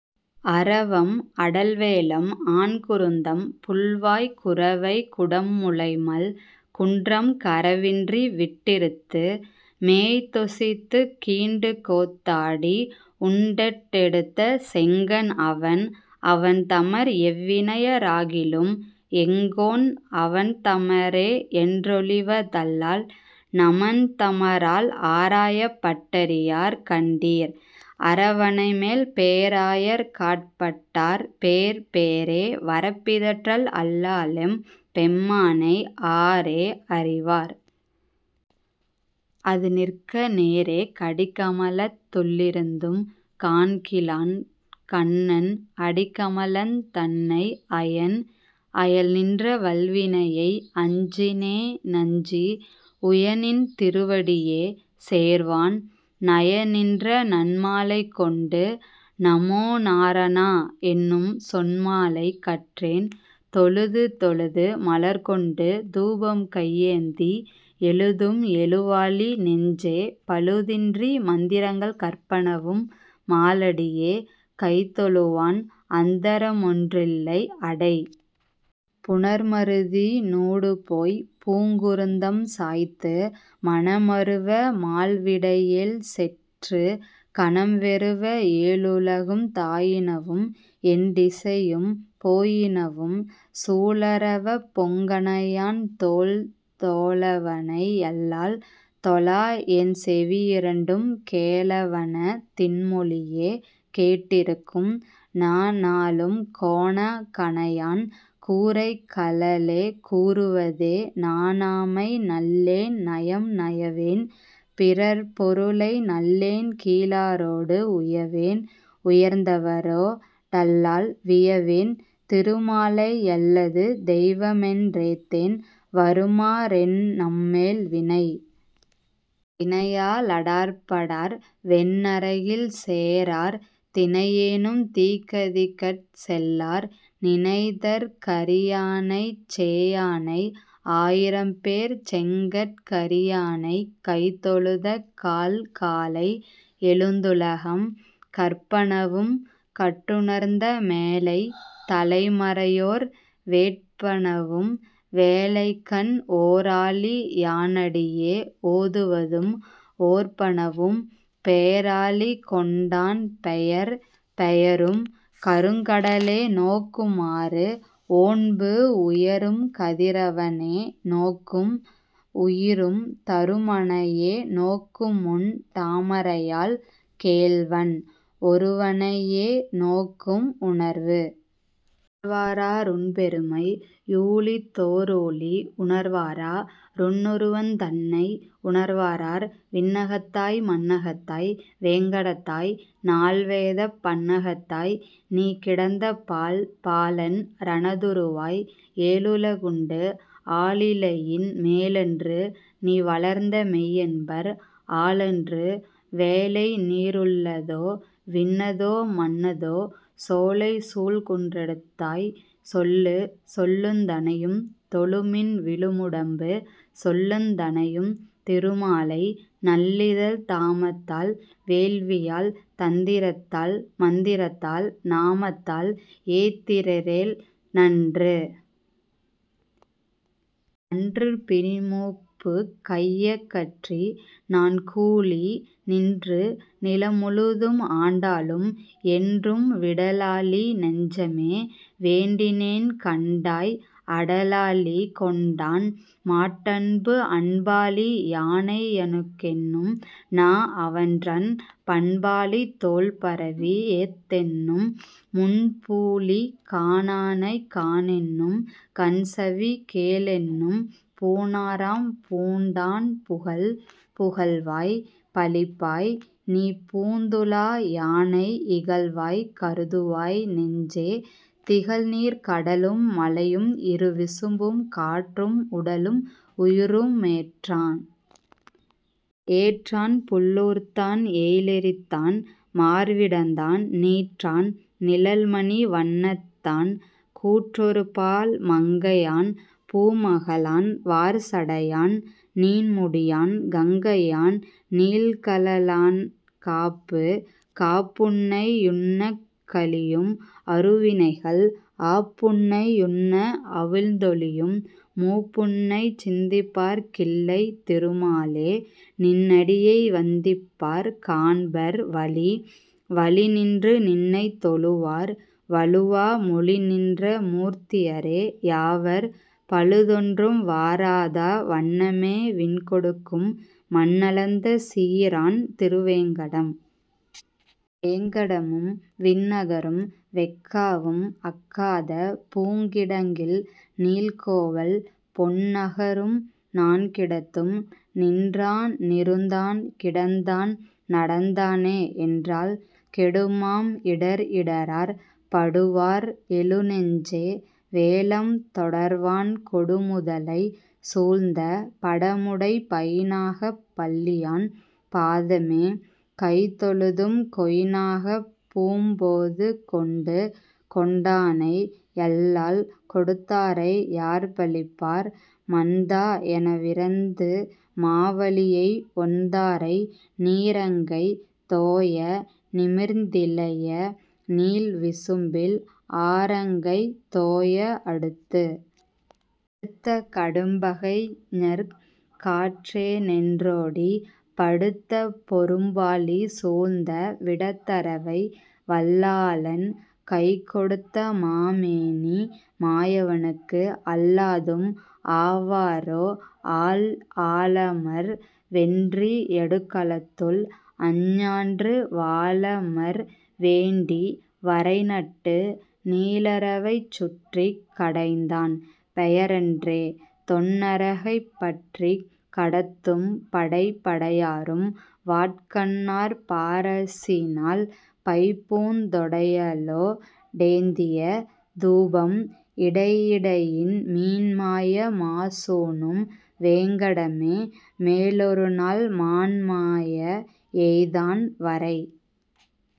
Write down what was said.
அரவம் அடல்வேழம் ஆன்குருந்தம் புள்வாய் குரவை குடம்முலைமல் குன்றம், கரவின்றி விட்டிறுத்து மேய்த்தொசித்துக் கீண்டுகோத் தாடி, உண் டட்டெடுத்த செங்கண் அவன். அவன் தமர் எவ்வினைய ராகிலும், எங்கோன் அவன்தமரே யென்றொழிவ தல்லால், நமன்தமரால் ஆராயப் பட்டறியார் கண்டீர், அரவணைமேல் பேராயற் காட்பட்டார் பேர். பேரே வரப்பிதற்றல் அல்லாலெம் பெம்மானை, ஆரே அறிவார்? அதுநிற்க, நேரே கடிக்கமலத் துள்ளிருந்தும் காண்கிலான், கண்ணன் அடிக்கமலந் தன்னை அயன். அயல்நின்ற வல்வினையை அஞ்சினே னஞ்சி, உயநின் திருவடியே சேர்வான், நயநின்ற நன்மாலை கொண்டு நமோநாரணா என்னும், சொன்மாலை கற்றேன் தொழுது. தொழுது மலர்க்கொண்டு தூபம்கை யேந்தி, எழுதும் எழுவாழி நெஞ்சே, பழுதின்றி மந்திரங்கள் கற்பனவும் மாலடியே கைதொழுவான், அந்தரமொன் றில்லை அடை. புணர்மருதி னூடுபோய்ப் பூங்குருந்தம் சாய்த்து, மணமருவ மால் விடையேழ் செற்று, கணம்வெருவ ஏழுலகும் தாயினவும் எண்டிசையும் போயினவும், சூழரவப் பொங்கணையான் தோள். தோளவனை யல்லால் தொழா, என் செவியிரண்டும், கேளவன தின்மொழியே கேட்டிருக்கும், நாநாளும் கோணா கணையான் கூரைகழலே கூறுவதே, நாணாமை நள்ளேன் நயம். நயவேன் பிறர்ப்பொருளை நள்ளேன்கீ ழாரோடு, உயவேன் உயர்ந்தவரோ டல்லால், வியவேன் திருமாலை யல்லது தெய்வமென் றேத்தேன், வருமாறென் நம்மேல் வினை? வினையா லடர்ப்படார் வெந்நரகில் சேரார், தினையேனும் தீக்கதிக்கட் செல்லார், நினைதற் கரியானைச் சேயானை, ஆயிரம்பேர்ச் செங்கட் கரியானைக் கைதொழுதக் கால். காலை யெழுந்துலகம் கற்பனவும், கற்றுணர்ந்த மேலைத் தலைமறையோர் வேட்பனவும், வேலைக்கண் ஓராழி யானடியே ஓதுவதும் ஓர்ப்பனவும், பேராழி கொண்டான் பெயர். பெயரும் கருங்கடலே நோக்குமாறு, ஒண்பூ உயரும் கதிரவனே நோக்கும், -உயிரும் தருமனையே நோக்குமொண் டாமரையாள் கேள்வன், ஒருவனையே நோக்கும் உணர்வு. உணர்வாரா ருன்பெருமை? யூழிதோ றூழி, உணர்வாரா ருன்னுருவந் தன்னை?, உணர்வாரார் விண்ணகத்தாய். மண்ணகத்தாய். வேங்கடத்தாய் நால்வேதப் பண்ணகத்தாய். நீகிடந்த பால்? பாலன் றனதுருவாய் ஏழுலகுண்டு, ஆலிலையின் மேலன்று நீவளர்ந்த மெய்யென்பர், ஆலன்று வேலைநீ ருள்ளதோ விண்ணதோ மண்ணதோ? சோலைசூழ் குன்றெடுத்தாய் சொல்லு. சொல்லுந் தனையும் தொழுமின் விழுமுடம்பு, சொல்லுந் தனையும் திருமாலை, நல்லிதழ்த் தாமத்தால் வேள்வியால் தந்திரத்தால் மந்திரத்தால், நாமத்தால் ஏத்திதிரேல் நன்று. நன்று பிணிமூப்புக் கையகற்றி நான்கூழி, நின்று நிலமுழுதும் ஆண்டாலும், என்றும் விடலாழி நெஞ்சமே. வேண்டினேன் கண்டாய், அடலாழி கொண்டான்மாட் டன்பு. அன்பாழி யானை யணுகென்னும், நாஅவன்றன் பண்பாழித் தோள்பரவி யேத்தென்னும், முன்பூழி காணானைக் காணென்னும் கண்செவி கேளென்னும் பூணாரம் பூண்டான் புகழ். புகழ்வாய் பழிப்பாய்நீ பூந்துழா யானை, இகழ்வாய் கருதுவாய் நெஞ்சே, திகழ்நீர்க் கடலும் மலையும் இருவிசும்பும் காற்றும், உடலும் உயிருமேற்றான். ஏற்றான் புள்ளூர்த்தான் எயிலெரித்தான் மார்விடந்தான் நீற்றான் நிழல்மணி வண்ணத்தான், கூற்றொருபால் மங்கையான் பூமகளான் வார்சடையான், நீண்முடியான் கங்கையான் நீள்கழலான் காப்பு. காப்புன்னை யுன்னக் கழியும் அருவினைகள், ஆப்புன்னை யுன்ன அவிழ்ந்தொழியும் மூப்புன்னைச் சிந்திப்பார்க் கில்லை திருமாலே, நின்னடியை வந்திப்பார் காண்பர் வழி. வழிநின்று நின்னைத் தொழுவார், வழுவா மொழிநின்ற மூர்த்தியரே யாவர், பழுதொன்றும் வாராத வண்ணமே விண்கொடுக்கும், மண்ணளந்த சீரான் திருவேங்கடம். வேங்கடமும் விண்ணகரும் வெஃகாவும், அஃகாத பூங்கிடங்கில் நீள்கோவல் பொன்னகரும், நான்கிடத்தும் நின்றா னிருந்தான் கிடந்தான் நடந்தானே, என்றால் கெடுமாம் இடர். இடரார் படுவார்? எழுநெஞ்சே, வேழம் தொடர்வான் கொடுமுதலை சூழ்ந்த, படமுடை பைந்நாகப் பள்ளியான் பாதமே கைதொழுதும், கொய்ந்நாகப் பூம்போது கொண்டு. கொண்டானை யல்லால் கொடுத்தாரை யார்பழிப்பார், மண்தா எனவிரந்து மாவலியை, ஒண்தாரை நீரங்கை தோய நிமிர்ந்திலையே, நீள்விசும்பில் ஆரங்கை தோய அடுத்து? அடுத்த கடும்பகைஞர்க் காற்றேனென் றோடி, படுத்த பொரும்பாழி சூழ்ந்த விடத்தரவை, வல்லாளன் கைக்கொடுத்த மாமேனி மாயவனுக்கு, அல்லாதும் ஆவரோ ஆள்? ஆளமர் வென்றி யடுகளத்துள் அஞ்ஞான்று, வாளமர் வேண்டி வரைநட்டு, நீளரவைச் சுற்றிக் கடைந்தான் பெயரன்றே, தொன்னரகைப் பற்றிக் கடத்தும் படை? படையாரும் வாட்கண்ணார் பாரசிநாள், பைம்பூந் தொடையலோ டேந்திய தூபம், இடையிடையின் மீன்மாய மாசூணும் வேங்கடமே, மேலொருநாள் மான்மாய எய்தான் வரை.